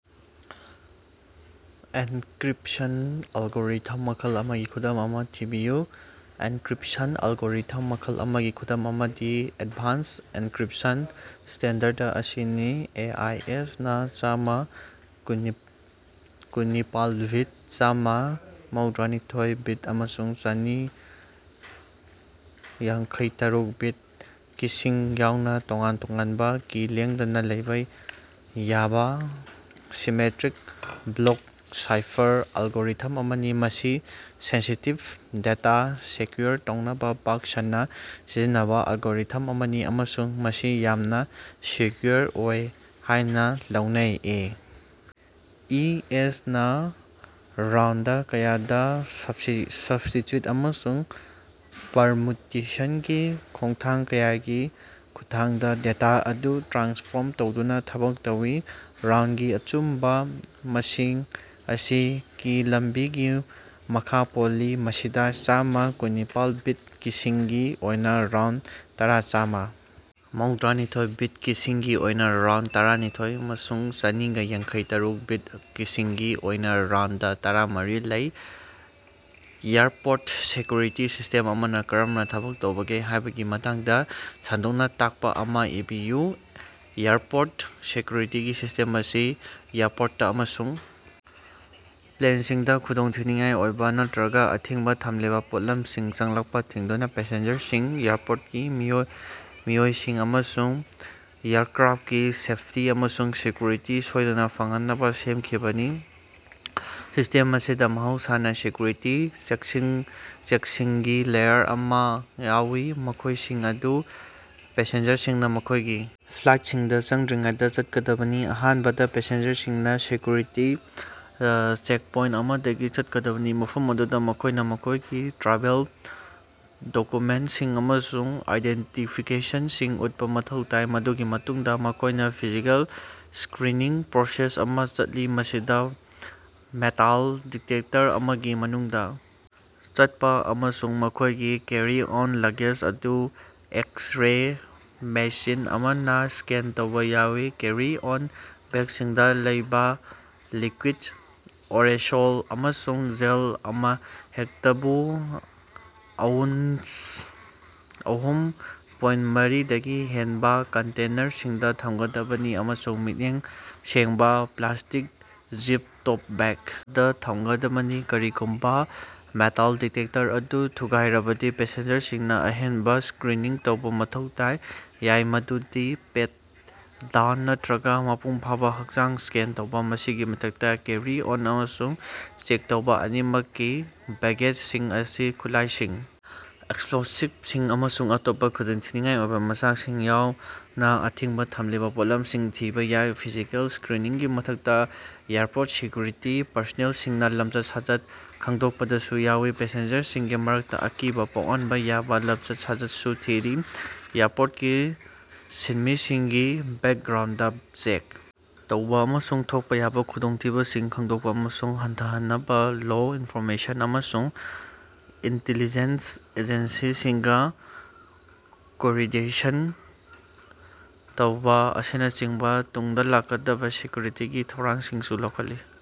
Encryption algorithm ꯃꯈꯜ ꯑꯃꯒꯤ ꯈꯨꯗꯝ ꯑꯃꯥ ꯊꯤꯕꯤꯌꯨ꯫ ꯑꯦꯟꯀ꯭ꯔꯤꯞꯁꯟ ꯑꯦꯂꯒꯣꯔꯤꯊꯝ ꯃꯈꯜ ꯑꯃꯒꯤ ꯈꯨꯗꯝ ꯑꯃꯗꯤ ꯑꯦꯗꯚꯥꯟꯁ ꯑꯦꯟꯀ꯭ꯔꯤꯞꯁꯟ ꯁ꯭ꯇꯦꯟꯗꯔꯗ ꯑꯁꯤꯅꯤ꯫ ꯑꯦ. ꯏ. ꯑꯦꯁ. ꯅꯥ ꯆꯥꯝꯃ ꯀꯨꯟꯅꯤꯄꯥꯜꯕꯤꯠ, ꯆꯥꯝꯃ ꯃꯧꯗ꯭ꯔꯥꯅꯤꯊꯣꯏ-ꯕꯤꯠ, ꯑꯃꯁꯨꯡ ꯆꯥꯅꯤ ꯌꯥꯡꯈꯩꯇꯔꯨꯛ-ꯕꯤꯠ ꯀꯤꯁꯤꯡ ꯌꯥꯎꯅ ꯇꯣꯉꯥꯟ ꯇꯣꯉꯥꯟꯕ ꯀꯤ ꯂꯦꯡꯗꯅ ꯂꯩꯕ ꯌꯥꯕ ꯁꯤꯃꯦꯇ꯭ꯔꯤꯛ ꯕ꯭ꯂꯣꯛ ꯁꯥꯏꯐꯔ ꯑꯦꯂꯒꯣꯔꯤꯊꯝ ꯑꯃꯅꯤ꯫ ꯃꯁꯤ ꯁꯦꯟꯁꯤꯇꯤꯞ ꯗꯦꯇꯥ ꯁꯦꯀ꯭ꯌꯨꯔ ꯇꯧꯅꯕ ꯄꯥꯛ ꯁꯟꯅ ꯁꯤꯖꯤꯟꯅꯕ ꯑꯦꯂꯒꯣꯔꯤꯊꯝ ꯑꯃꯅꯤ ꯑꯃꯁꯨꯡ ꯃꯁꯤ ꯌꯥꯝꯅ ꯁꯦꯀ꯭ꯌꯨꯔ ꯑꯣꯏ ꯍꯥꯏꯅ ꯂꯧꯅꯩ꯫ ꯑꯦ. ꯏ. ꯑꯦꯁ. ꯅ ꯔꯥꯎꯟꯗ ꯀꯌꯥꯗ ꯁꯕ꯭ꯁꯇꯤꯇ꯭ꯌꯨꯁꯟ ꯑꯃꯁꯨꯡ ꯄ꯭ꯔꯃꯨꯇꯦꯁꯟꯒꯤ ꯈꯣꯡꯊꯥꯡ ꯀꯌꯥꯒꯤ ꯈꯨꯠꯊꯥꯡꯗ ꯗꯦꯇꯥ ꯑꯗꯨ ꯇ꯭ꯔꯥꯟꯁꯐ꯭ꯣꯔꯝ ꯇꯧꯗꯨꯅ ꯊꯕꯛ ꯇꯧꯏ꯫ ꯔꯥꯎꯟꯗꯒꯤ ꯑꯆꯨꯝꯕꯥ ꯃꯁꯤꯡ ꯑꯁꯤ ꯀꯤ ꯂꯝꯕꯤꯒꯤ ꯃꯈꯥ ꯄꯣꯜꯂꯤ, ꯃꯁꯤꯗꯥ ꯆꯥꯝꯃ ꯀꯨꯟꯅꯤꯄꯥꯜ-ꯕꯤꯠ ꯀꯤꯁꯤꯡꯒꯤ ꯑꯣꯏꯅ ꯔꯥꯎꯟꯗ ꯇꯔꯥ, ꯆꯥꯝꯃ ꯃꯧꯗ꯭ꯔꯥꯅꯤꯊꯣꯏ-ꯕꯤꯠ ꯀꯤꯁꯤꯡꯒꯤ ꯑꯣꯏꯅ ꯔꯥꯎꯟꯗ ꯇꯔꯥꯅꯤꯊꯣꯏꯑꯃꯁꯨꯡ ꯆꯅꯤꯒ ꯌꯥꯡꯈꯩ ꯇꯔꯨꯛ-ꯕꯤꯠ ꯀꯤꯁꯤꯡꯒꯤ ꯑꯣꯏꯅꯥ ꯔꯥꯎꯟꯗ ꯇꯔꯥ ꯃꯔꯤ ꯂꯩ꯫ ꯑꯦꯌꯔꯄꯣꯔꯠ ꯁꯦꯀ꯭ꯌꯨꯔꯤꯇꯤ ꯁꯤꯁ꯭ꯇꯦꯝ ꯑꯃꯅ ꯀꯔꯝꯅꯥ ꯊꯕꯛ ꯇꯧꯕꯒꯦ ꯍꯥꯌꯕꯒꯤ ꯃꯇꯥꯡꯗꯥ ꯁꯟꯗꯣꯛꯅꯥ ꯇꯥꯀꯄꯥ ꯑꯃꯥ ꯏꯕꯤꯌꯨ꯫ ꯑꯦꯌꯔꯄꯣꯔꯠ ꯁꯦꯀ꯭ꯌꯨꯔꯤꯇꯤ ꯁꯤꯁ꯭ꯇꯦꯝ ꯑꯁꯤ ꯑꯦꯌꯔꯄꯣꯔꯠꯇ ꯑꯃꯁꯨꯡ ꯄ꯭ꯂꯦꯟꯁꯤꯡꯗ ꯈꯨꯗꯣꯡꯊꯤꯅꯤꯡꯉꯥꯏ ꯑꯣꯏꯕ ꯅꯠꯇꯔꯒ ꯑꯊꯤꯡꯕ ꯊꯝꯂꯤꯕ ꯄꯣꯠꯂꯝꯁꯤꯡ ꯆꯪꯂꯛꯄ ꯊꯤꯡꯗꯨꯅ ꯄꯦꯁꯦꯟꯖꯔꯁꯤꯡ, ꯑꯦꯌꯔꯄꯣꯔꯠꯀꯤ ꯃꯤꯑꯣꯏꯁꯤꯡ, ꯑꯃꯁꯨꯡ ꯑꯦꯌꯔꯀ꯭ꯔꯥꯐꯀꯤ ꯁꯦꯐꯇꯤ ꯑꯃꯁꯨꯡ ꯁꯦꯀꯌꯨꯔꯤꯇꯤ ꯁꯣꯏꯗꯅ ꯐꯪꯍꯟꯅꯕ ꯁꯦꯝꯈꯤꯕꯅꯤ꯫ ꯁꯤꯁ꯭ꯇꯦꯝ ꯑꯁꯤꯗ ꯃꯍꯧꯁꯥꯅ ꯁꯦꯀꯌꯨꯔꯤꯇꯤ ꯆꯦꯛꯁꯤꯡꯒꯤ ꯂꯦꯌꯔ ꯀꯌꯥ ꯑꯃ ꯌꯥꯎꯏ, ꯃꯈꯣꯏꯁꯤꯡ ꯑꯗꯨ ꯄꯦꯁꯦꯟꯖꯔꯁꯤꯡꯅ ꯃꯈꯣꯏꯒꯤ ꯐ꯭ꯂꯥꯏꯠꯁꯤꯡꯗ ꯆꯪꯗ꯭ꯔꯤꯉꯩꯗ ꯆꯠꯀꯗꯕꯅꯤ꯫ ꯑꯍꯥꯟꯕꯗ, ꯄꯦꯁꯦꯟꯖꯔꯁꯤꯡꯅ ꯁꯦꯀ꯭ꯌꯨꯔꯤꯇꯤ ꯆꯦꯛꯄꯣꯏꯟꯠ ꯑꯃꯗꯒꯤ ꯆꯠꯀꯗꯕꯅꯤ, ꯃꯐꯝ ꯑꯗꯨꯗ ꯃꯈꯣꯏꯅ ꯃꯈꯣꯏꯒꯤ ꯇ꯭ꯔꯥꯚꯦꯜ ꯗꯣꯛꯀꯨꯃꯦꯟꯠꯁꯤꯡ ꯑꯃꯁꯨꯡ ꯑꯥꯏꯗꯦꯟꯇꯤꯐꯤꯀꯦꯁꯟꯁꯤꯡ ꯎꯠꯄ ꯃꯊꯧ ꯇꯥꯏ꯫ ꯃꯗꯨꯒꯤ ꯃꯇꯨꯡꯗ, ꯃꯈꯣꯏꯅ ꯐꯤꯖꯤꯀꯦꯜ ꯁ꯭ꯀꯔꯤꯅꯤꯡ ꯄ꯭ꯔꯣꯁꯦꯁ ꯑꯃ ꯆꯠꯂꯤ, ꯃꯁꯤꯗ ꯃꯦꯇꯥꯜ ꯗꯤꯇꯦꯛꯇꯔ ꯑꯃꯒꯤ ꯃꯅꯨꯡꯗꯥ ꯆꯠꯄ ꯑꯃꯁꯨꯡ ꯃꯈꯣꯏꯒꯤ ꯀꯦꯔꯤ-ꯑꯣꯟ ꯂꯒꯦꯖ ꯑꯗꯨ ꯑꯦꯛꯁ-ꯔꯦ ꯃꯦꯁꯤꯟ ꯑꯃꯅ ꯁ꯭ꯀꯦꯟ ꯇꯧꯕ ꯌꯥꯎꯏ꯫ ꯀꯦꯔꯤ-ꯑꯣꯟ ꯕꯦꯒꯁꯤꯡꯗ ꯂꯩꯕ ꯂꯤꯀ꯭ꯌꯨꯏꯗ, ꯑꯦꯔꯣꯁꯣꯜ ꯑꯃꯁꯨꯡ ꯖꯦꯜ ꯑꯃꯍꯦꯛꯇꯕꯨ ꯑꯎꯟꯁꯑꯍꯨꯝ ꯄꯣꯏꯟ ꯃꯔꯤ ꯗꯒꯤ ꯍꯦꯟꯕ ꯀꯟꯇꯦꯅꯔꯁꯤꯡꯗ ꯊꯝꯒꯗꯕꯅꯤ ꯑꯃꯁꯨꯡ ꯃꯌꯦꯛ ꯁꯦꯡꯕ, ꯄ꯭ꯂꯥꯁ꯭ꯇꯤꯛ, ꯖꯤꯞ-ꯇꯣꯞ ꯕꯦꯒ ꯑꯃꯗ ꯊꯝꯒꯗꯕꯅꯤ꯫ ꯀꯔꯤꯒꯨꯝꯕ ꯃꯦꯇꯥꯜ ꯗꯤꯇꯦꯛꯇꯔ ꯑꯗꯨ ꯊꯨꯒꯥꯏꯔꯕꯗꯤ, ꯄꯦꯁꯦꯟꯖꯔꯁꯤꯡꯅ ꯑꯍꯦꯟꯕꯥ ꯁ꯭ꯀꯔꯤꯅꯤꯡ ꯇꯧꯕ ꯃꯊꯧ ꯇꯥꯕ ꯌꯥꯏ, ꯃꯗꯨꯗꯤ ꯄꯦꯠ-ꯗꯥꯎꯟ ꯅꯠꯠꯔꯒ ꯃꯄꯨꯡ ꯐꯥꯕ ꯍꯛꯆꯥꯡ ꯁ꯭ꯀꯦꯟ ꯇꯧꯕ꯫ ꯃꯁꯤꯒꯤ ꯃꯊꯛꯇ, ꯀꯦꯔꯤ ꯑꯣꯟ ꯑꯃꯁꯨꯡ ꯆꯦꯛ ꯇꯧꯕꯥ ꯑꯅꯤꯃꯛꯀꯤ ꯕꯦꯒꯦꯖꯁꯤꯡ ꯑꯁꯤ ꯈꯨꯠꯂꯥꯏꯁꯤꯡ, ꯑꯦꯛꯁꯞꯂꯣꯁꯤꯚꯁꯤꯡ ꯑꯃꯁꯨꯡ ꯑꯇꯣꯞꯄꯥ ꯈꯨꯗꯣꯡꯊꯤꯅꯤꯡꯉꯥꯏ ꯑꯣꯏꯕ ꯃꯆꯥꯛꯁꯤꯡ ꯌꯥꯎꯅ ꯑꯊꯤꯡꯕ ꯊꯝꯂꯤꯕ ꯄꯣꯠꯂꯝꯁꯤꯡ ꯊꯤꯕ ꯌꯥꯏ꯫ ꯐꯤꯖꯤꯀꯦꯜ ꯁ꯭ꯀꯔꯤꯅꯤꯡꯒꯤ ꯃꯊꯛꯇ, ꯑꯦꯌꯔꯄꯣꯔꯠ ꯁꯦꯀ꯭ꯌꯨꯔꯤꯇꯤ ꯄꯔꯁꯣꯅꯦꯜꯁꯤꯡꯅ ꯂꯃꯆꯠ-ꯁꯥꯖꯠ ꯈꯪꯗꯣꯛꯄꯗꯁꯨ ꯌꯥꯎꯏ, ꯄꯦꯁꯦꯟꯖꯔꯁꯤꯡꯒꯤ ꯃꯔꯛꯇ ꯑꯀꯤꯕ ꯄꯣꯛꯍꯟꯕ ꯌꯥꯕꯥ ꯂꯃꯆꯠ-ꯁꯥꯖꯠ ꯁꯨ ꯊꯤꯔꯤ꯫ ꯑꯦꯌꯔꯄꯣꯔꯠꯀꯤ ꯁꯤꯟꯃꯤꯁꯤꯡꯒꯤ ꯕꯦꯀꯒ꯭ꯔꯥꯎꯟꯗ ꯆꯦꯛ ꯇꯧꯕ ꯑꯃꯁꯨꯡ ꯊꯣꯛꯄ ꯌꯥꯕ ꯈꯨꯗꯣꯡꯊꯤꯕꯁꯤꯡ ꯈꯪꯗꯣꯛꯄ ꯑꯃꯁꯨꯡ ꯍꯟꯊꯍꯟꯅꯕ ꯂꯣ ꯑꯦꯟꯐꯣꯔꯁꯃꯦꯟꯠ ꯑꯃꯁꯨꯡ ꯏꯟꯇꯤꯂꯤꯖꯦꯟꯁ ꯑꯦꯖꯦꯟꯁꯤꯁꯤꯡꯒ ꯀꯣꯑꯣꯔꯗꯤꯅꯦꯁꯟ ꯇꯧꯕ ꯑꯁꯤꯅꯆꯤꯡꯕ ꯇꯨꯡꯗ ꯂꯥꯛꯀꯗꯕ ꯁꯦꯀ꯭ꯌꯨꯔꯤꯇꯤꯒꯤ ꯊꯧꯔꯥꯡꯁꯤꯡꯁꯨ ꯂꯧꯈꯠꯂꯤ꯫